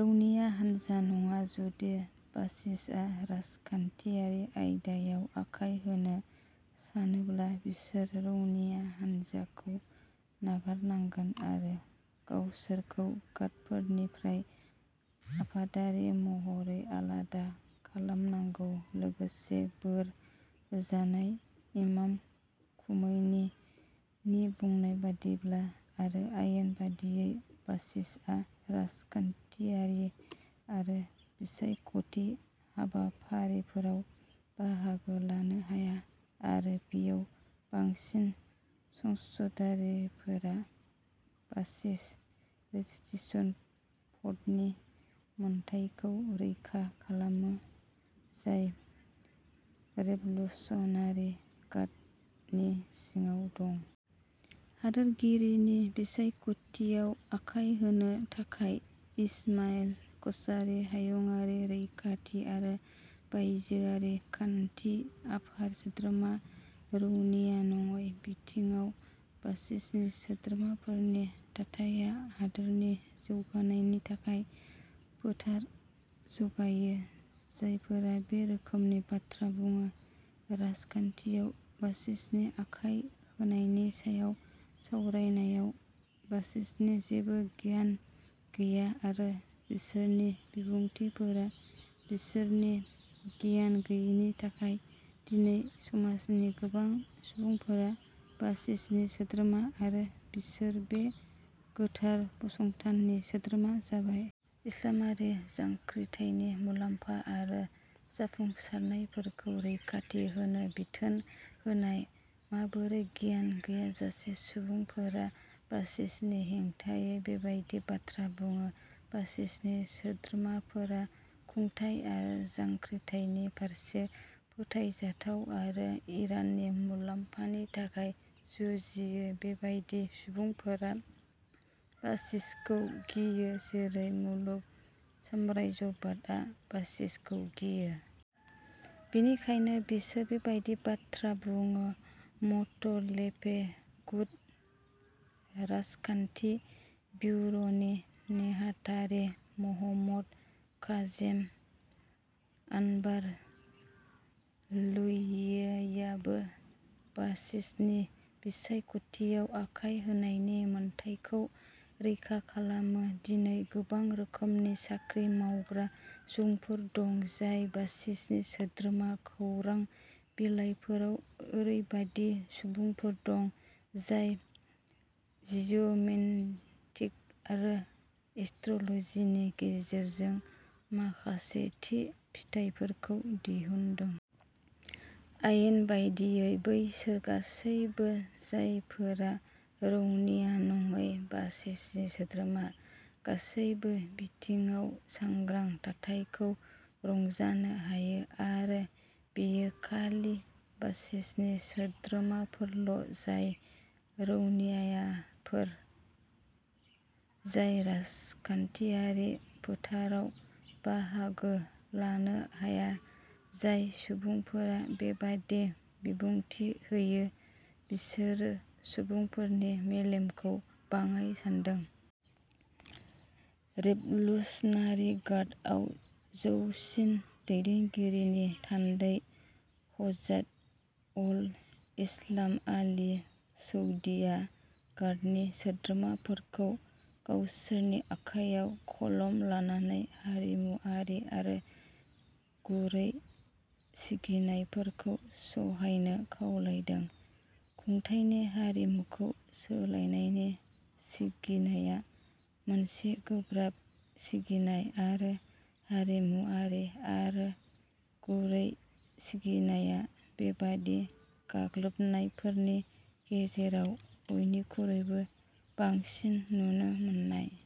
रौनिया हानजा नङा। जुदि बासिजआ राजखान्थियारि आयदायाव आखाय होनो सानोब्ला, बिसोर रौनिया हान्जाखौ नागारनांगोन आरो गावसोरखौ गार्डफोरनिफ्राय आफादारि महरै आलादा खालामनांगौ लोगोसे बोर होजानाय इमाम खुमैनी नि बुंनाय बादिब्ला आरो आयेन बादियै बासिजआ राजखान्थियारि आरो बिसायख'थि हाबाफारिफोराव बाहागो लानो हाया आरो बेयाव बांसिन संसदारिफोरा बासिज रेसटिसन पटनि मोनथायखौ रैखा खालामो जाय रिभलुसनारि गाडनि सिङाव दं। हादोरगिरिनि बिसायख'थियाव आखाय होनो थाखाय इसमाइल क'सारी हायुंआरि रैखाथि आरो बायजोआरि खान्थि आफाद सोद्रोमा रौनिया नङै बिथिङाव बासिजनि सोद्रोमाफोरनि थाथाया हादोरनि जौगानायनि थाखाय फोथार जगायो जायफोरा बे रोखोमनि बाथ्रा बुङो राजखान्थियाव बासिजनि आखाय होनायनि सायाव सावरायनायाव बासिजनि जेबो गियान गैया आरो बिसोरनि बिबुंथिफोरा बिसोरनि गियान गैयैनि थाखाय दिनै समाजनि गोबां सुबुंफोरा बासिजनि सोद्रोमा आरो बिसोर बे गोथार फसंथाननि सोद्रोमा जाबाय। इस्लामारि जांख्रिथायनि मुलाम्फा आरो जाफुंसारनायफोरखौ रैखाथि होनो बिथोन होनाय। माबोरै गियान गैयाजासे सुबुंफोरा बासिजनि हेंथायै बेबायदि बाथ्रा बुङो? बासिजनि सोद्रोमाफोरा खुंथाय आरो जांख्रिथायनि फारसे फोथायजाथाव आरो इराननि मुलाम्फानि थाखाय जुजियो बेबादि सुबुंफोरा बासिजखौ गियो जेरै मुलुग साम्राज्यबादआ बासिजखौ गियो। बेनिखायनो बिसोर बेबादि बाथ्रा बुङो म'तलेफे गुट राजखान्थि बिउर'नि नेहाथारि महम्मद काजेम आनबार लुइयियाबो बासिजनि बिसायख'थियाव आखाय होनायनि मोन्थाइखौ रैखा खालामो दिनै गोबां रोखोमनि साख्रि मावग्रा सुबुंफोर दं जाय बासिजनि सोद्रोमा। खौरां बिलाइफोराव ओरैबायदि सुबुंफोर दं जाय जिअ'मेन्टिक आरो एस्ट्र'लजिनि गेजेरजों माखासे थि फिथाइफोरखौ दिहुनदों। आयेन बायदियै बैसोर गासैबो जायफोरा रौनिया नङै बासिजनि सोद्रोमा, गासैबो बिथिङाव सांग्रां थाथायखौ रंजानो हायो आरो बेयो खालि बासिजनि सोद्रोमाफोरल' जाय रौनियाफोर जाय राजखान्थियारि फोथाराव बाहागो लानो हाया। जाय सुबुंफोरा बेबादि बिबुंथि होयो बिसोरो सुबुंफोरनि मेलेमखौ बाङाइ सान्दों। रिभलुसनारि गाडआव जौसिन दैदेनगिरिनि थान्दै हज्जात अल एसलाम आली सैदीआ गाडनि सोद्रोमाफोरखौ "गावसोरनि आखायाव कलम लानानै हारिमुआरि आरो गुरै सिगिनायफोरखौ सहायनो" खावलायदों। खुंथायनि हारिमुखौ सोलायनायनि सिगिनायआ मोनसे गोब्राब सिगिनाय आरो हारिमुआरि आरो गुरै सिगिनायआ बेबादि गाग्लोबनायफोरनि गेजेराव बयनिख्रुइबो बांसिन नुनो मोननाय।